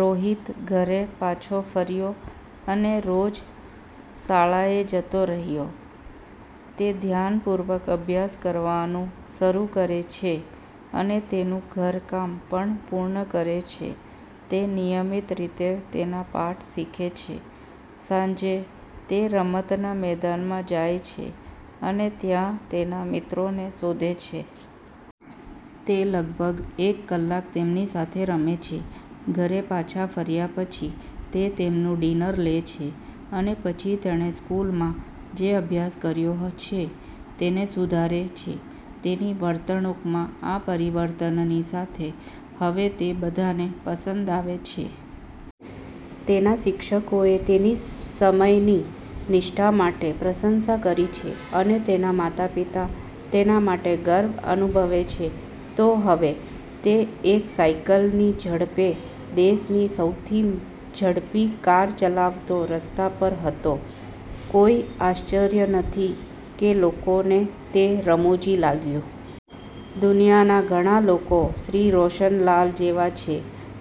રોહિત ઘરે પાછો ફર્યો અને રોજ શાળાએ જતો રહ્યો. તે ધ્યાનપૂર્વક અભ્યાસ કરવાનું શરૂ કરે છે અને તેનું ઘરકામ પણ પૂર્ણ કરે છે. તે નિયમિત રીતે તેના પાઠ શીખે છે. સાંજે, તે રમતના મેદાનમાં જાય છે અને ત્યાં તેના મિત્રોને શોધે છે. તે લગભગ એક કલાક તેમની સાથે રમે છે. ઘરે પાછા ફર્યા પછી, તે તેમનું ડિનર લે છે અને પછી તેણે સ્કૂલમાં જે અભ્યાસ કર્યો છે તેને સુધારે છે. તેની વર્તણૂકમાં આ પરિવર્તનની સાથે, હવે તે બધાને પસંદ આવે છે. તેના શિક્ષકોએ તેની સમયની નિષ્ઠા માટે પ્રશંસા કરી છે અને તેના માતાપિતા તેના માટે ગર્વ અનુભવે છે. તો હવે, તે એક સાયકલની ઝડપે દેશની સૌથી ઝડપી કાર ચલાવતો, રસ્તા પર હતો! કોઈ આશ્ચર્ય નથી કે લોકોને તે રમુજી લાગ્યું. દુનિયાના ઘણા લોકો શ્રી રોશનલાલ જેવા છે.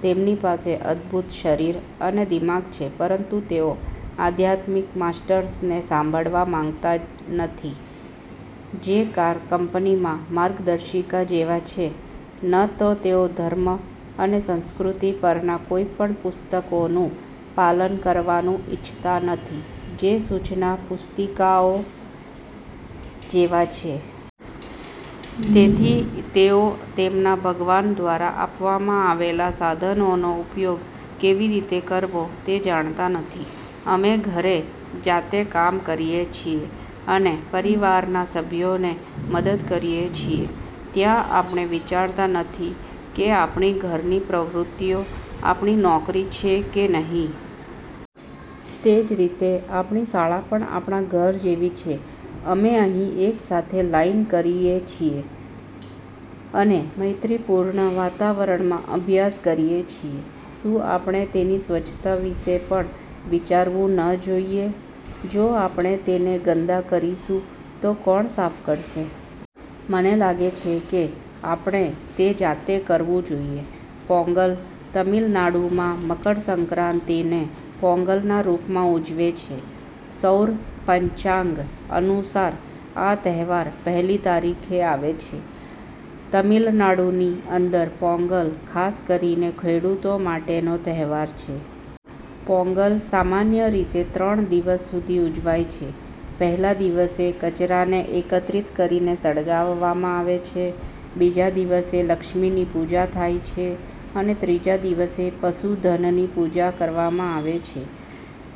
તેમની પાસે અદ્ભુત શરીર અને દિમાગ છે પરંતુ તેઓ આધ્યાત્મિક માસ્ટર્સને સાંભળવા માંગતા નથી જે કાર કંપનીમાં માર્ગદર્શિકા જેવા છે. ન તો તેઓ ધર્મ અને સંસ્કૃતિ પરના કોઈપણ પુસ્તકોનું પાલન કરવાનું ઇચ્છતા નથી જે સૂચના પુસ્તિકાઓ જેવા છે. તેથી તેઓ તેમના ભગવાન દ્વારા આપવામાં આવેલા સાધનોનો ઉપયોગ કેવી રીતે કરવો તે જાણતા નથી. અમે ઘરે જાતે કામ કરીએ છીએ અને પરિવારના સભ્યોને મદદ કરીએ છીએ. ત્યાં આપણે વિચારતા નથી કે આપણી ઘરની પ્રવૃત્તિઓ આપણી નોકરી છે કે નહીં. તે જ રીતે, આપણી શાળા પણ આપણા ઘર જેવી છે. અમે અહીં એક સાથે લાઇન કરીએ છીએ અને મૈત્રીપૂર્ણ વાતાવરણમાં અભ્યાસ કરીએ છીએ. શું આપણે તેની સ્વચ્છતા વિશે પણ વિચારવું ન જોઈએ? જો આપણે તેને ગંદા કરીશું, તો કોણ સાફ કરશે? મને લાગે છે કે આપણે તે જાતે કરવું જોઈએ. પોંગલ તમિલનાડુમાં મકરસંક્રાતિને પોંગલના રૂપમાં ઉજવે છે. સૌર પંચાગ અનુસાર આ તહેવાર પહેલી તારીખે આવે છે. તમિલનાડુની અંદર પોંગલ ખાસ કરીને ખેડુતો માટેનો તહેવાર છે. પોંગલ સામાન્ય રીતે ત્રણ દિવસ સુધી ઉજવાય છે. પહેલા દિવસે કચરાને એકત્રિત કરીને સળગાવવામાં આવે છે બીજા દિવસે લક્ષ્મીની પૂજા થાય છે અને ત્રીજા દિવસે પશુ ધનની પૂજા કરવામાં આવે છે.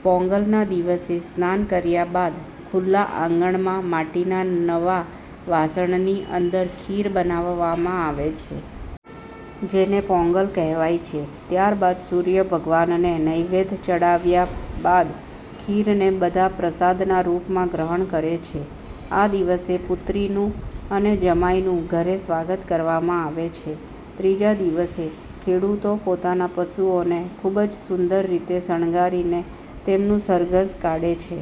પોંગલના દિવસે સ્નાન કર્યા બાદ ખુલ્લા આંગણમાં માટીના નવા વાસણની અંદર ખીર બનાવવામાં આવે છે. જેને પોંગલ કહેવાય છે. ત્યાર બાદ સૂર્ય ભગવાનને નૈવેધ ચડાવ્યા બાદ ખીરને બધા પ્રસાદનાં રૂપમાં ગ્રહણ કરે છે. આ દિવસે પુત્રીનું અને જમાઈનું ઘરે સ્વાગત કરવામાં આવે છે. ત્રીજા દિવસે ખેડુતો પોતાના પશુઓને ખુબ જ સુંદર રીતે શણગારીને તેમનું સરઘસ કાઢે છે.